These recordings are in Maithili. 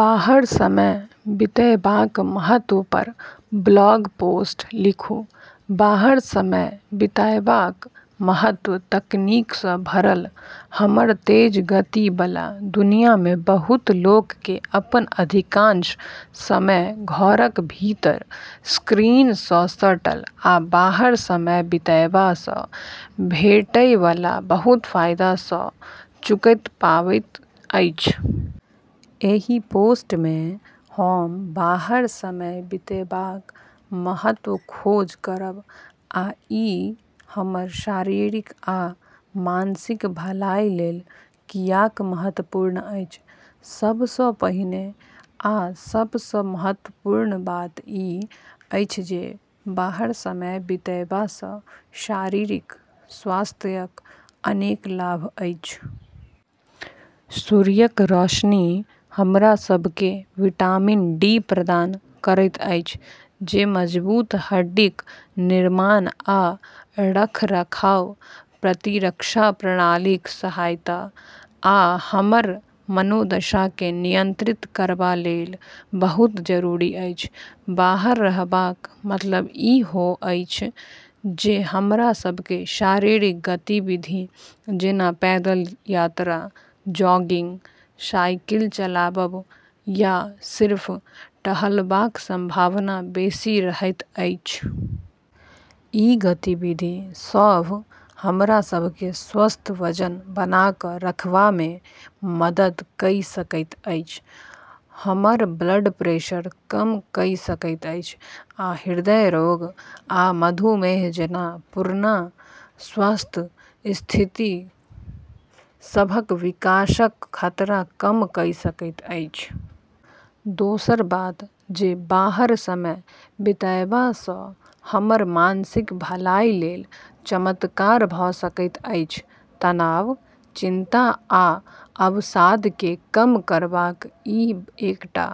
बाहर समय बिताएबाक महत्व पर ब्लॉग पोस्ट लिखू। बाहर समय बिताएबाक महत्व तकनीक सँ भरल हमर तेज गति बला दुनिया मे बहुत लोक केँ अपन अधिकांश समय घरक भीतर, स्क्रीन सँ सटल, आ बाहर समय बिताएबा सँ भेटै बला बहुत फायदा सँ चूकैत पाबैत अछि। एहि पोस्ट मे हम बाहर समय बिताएबाक महत्वक खोज करब आ ई हमर शारीरिक आ मानसिक भलाइ लेल कियाक महत्वपूर्ण अछि। सब सँ पहिने आ सब सँ महत्वपूर्ण बात ई अछि जे बाहर समय बिताएबा सँ शारीरिक स्वास्थ्यक अनेक लाभ अछि। सूर्यक रोशनी हमरा सभ केँ विटामिन डी प्रदान करैत अछि, जे मजबूत हड्डीक निर्माण आ रखरखाव, प्रतिरक्षा प्रणालीक सहायता, आ हमर मनोदशा केँ नियंत्रित करबा लेल बहुत जरूरी अछि। बाहर रहबाक मतलब ई हो अछि जे हमरा सभ केँ शारीरिक गतिविधि जेना पैदल यात्रा, जॉगिंग, साइकिल चलाबब, या सिर्फ टहलबाक संभावना बेसी रहैत अछि। ई गतिविधि सभ हमरा सभ केँ स्वस्थ वजन बना कऽ रखबामे मदद कइ सकैत अछि, हमर ब्लड प्रेशर कम कइ सकैत अछि, आ हृदय रोग आ मधुमेह जेना पुरना स्वास्थ्य स्थिति सभक विकासक खतरा कम कइ सकैत अछि। दोसर बात जे बाहर समय बिताएबा सँ हमर मानसिक भलाइ लेल चमत्कार भऽ सकैत अछि। तनाव, चिंता आ अवसाद केँ कम करबाक ई एकटा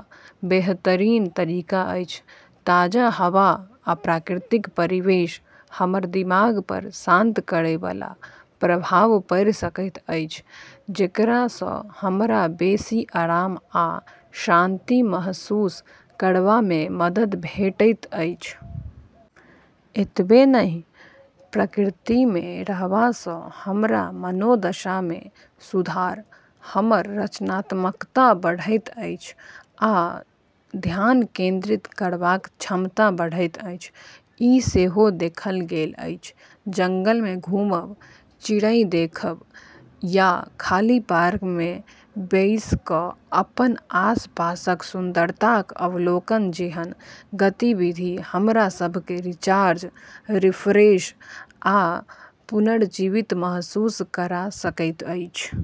बेहतरीन तरीका अछि। ताज़ा हवा आ प्राकृतिक परिवेश हमर दिमाग पर शांत करै बला प्रभाव पाड़ि सकैत अछि, जेकरा सँ हमरा बेसी आराम आ शांति महसूस करबामे मदद भेटैत अछि। एतबे नहि, प्रकृति मे रहबा सँ हमर मनोदशा मे सुधार, हमर रचनात्मकता बढ़ैत अछि, आ ध्यान केंद्रित करबाक क्षमता बढ़ैत अछि, ई सेहो देखल गेल अछि। जंगल मे घुमब, चिड़ै देखब, या खाली पार्क मे बैसि कऽ अपन आसपासक सुंदरताक अवलोकन जेहन गतिविधि हमरा सभ केँ रिचार्ज, रिफ्रेश आ पुनर्जीवित महसूस करा सकैत अछि।